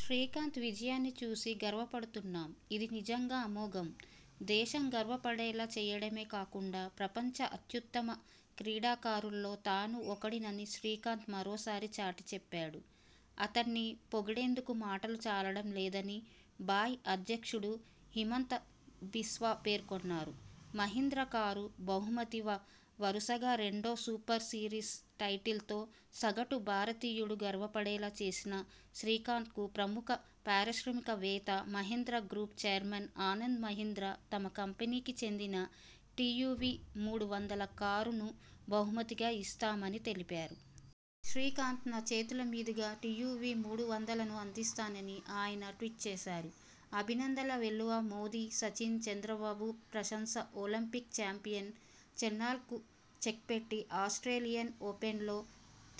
'శ్రీకాంత్ విజయాన్ని చూసి గర్వపడుతున్నాం. ఇది నిజంగా అమోఘం. దేశం గర్వ పడేలా చేయడమే కాకుండా, ప్రపంచ అత్యుత్తమ క్రీడాకారుల్లో తానూ ఒకడినని శ్రీకాంత్ మరోసారి చాటి చెప్పాడు. అతణ్ణి పొగిడేందుకు మాటలు చాలడం లేద'ని బాయ్ అధ్యక్షుడు హిమాంత బిస్వా పేర్కొన్నారు. మహీంద్ర కారు, బహుమతి వరుసగా రెండో సూపర్ సిరీస్ టైటిల్తో సగటు భారతీయుడు గర్వపడేలా చేసిన శ్రీకాంత్కు ప్రముఖ పారిశ్రామిక వేత్త, మహీంద్ర గ్రూప్ చైర్మన్ ఆనంద్ మహీంద్ర తమ కంపెనీకి చెందిన టీయూవీ మూడు వందల కారును బహుమతిగా ఇస్తామని తెలిపారు. శ్రీకాంత్ నా చేతుల మీదుగా టీయూవీ మూడు వందలను అందిస్తానని ఆయన ట్వీట్ చేశారు. అభినందనల వెల్లువ మోదీ, సచిన్, చంద్రబాబు ప్రశంస ఒలింపిక్ చాంపియన్ చెన్లాంగ్కు చెక్పెట్టి ఆస్ట్రేలి యన్ ఓపెన్లో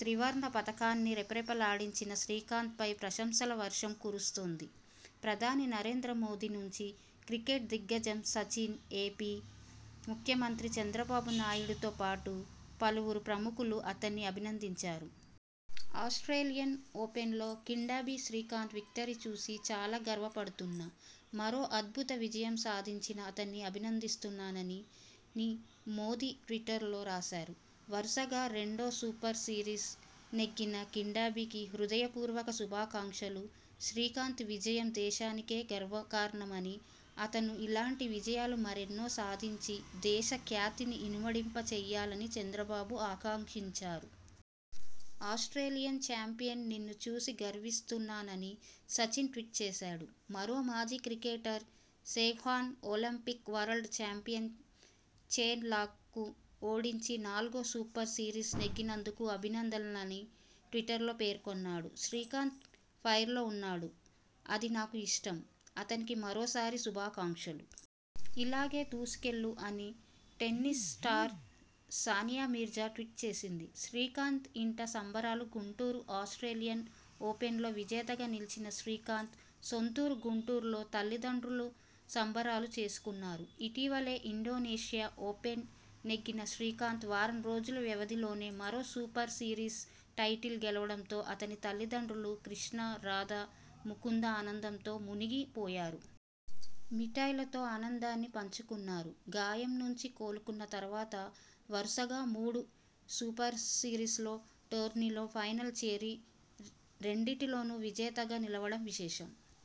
త్రివర్ణ పతాకాన్ని రెపరెప లాడించిన శ్రీకాంత్పై ప్రశంసల వర్షం కురుస్తోంది. ప్రధాని నరేంద్ర మోదీ నుంచి క్రికెట్ దిగ్గజం సచిన్, ఏపీ ముఖ్యమంత్రి చంద్రబాబునాయుడుతో పాటు పలువు రు ప్రముఖులు అతణ్ణి అభినందించారు. 'ఆస్ట్రేలియన్ ఓపెన్లో కిడాంబి శ్రీకాంత్ విక్టరీ చూసి చాలా గర్వ పడుతున్నా. మరో అద్భుత విజయం సాధించిన అతణ్ణి అభినందిస్తున్నాన'ని మోదీ ట్విటర్లో రాశారు. 'వరుసగా రెండో సూపర్ సిరీస్ నెగ్గిన కిడాంబికి హృ దయ పూర్వక శుభాకాంక్షలు. శ్రీకాంత్ విజయం దేశానికే గర్వ కారణమని, అతను ఇలాంటి విజయాలు మరెన్నో సాధించి దేశ ఖ్యాతిని ఇనుమడింప చేయాలని చంద్రబాబు ఆకాంక్షించారు. ఆస్ట్రేలియన్ చాంపియన్ నిన్ను చూసి గర్విస్తున్నా'నని సచిన్ ట్వీట్ చేశాడు. మరో మాజీ cricketer Sehwag 'Olympic, world champion Chen లాంగ్ను ఓడించి, నాలుగో సూపర్ సిరీస్ నెగ్గినందుకు అభినందనల'ని ట్విటర్లో పేర్కొన్నాడు. 'శ్రీకాంత్ ఫైర్లో ఉన్నాడు. అది నాకు ఇష్టం. అతనికి మరోసారి శుభాకాంక్షలు. ఇలాగే దూసుకెళ్లు' అని tennis star Sania Mirza tweet చేసింది. శ్రీకాంత్ ఇంట సంబరాలు గుంటూరు ఆస్ట్రేలియన్ ఓపెన్లో విజేతగా నిలిచిన శ్రీకాంత్ సొంతూరు గుంటూరులో తల్లి దండ్రులు సంబరాలు చేసుకున్నారు. ఇటీవలే ఇండోనేషియా ఓపెన్ నెగ్గిన శ్రీకాంత్ వారం రోజుల వ్యవధి లోనే మరో సూపర్ సిరీస్ టైటిల్ గెలవడంతో అతని తల్లి దండ్రులు కృష్ణ, రాధా ముకుంద ఆనందంలో మునిగి పోయారు. మిఠాయిలతో ఆనందాన్ని పంచుకున్నారు. గాయం నుంచి కోలుకున్న తర్వాత వరుసగా మూడు సూపర్సిరీస్ టోర్నీల్లో ఫైనల్కు చేరి రెండింటిలో విజేతగా నిలవడం విశేషం.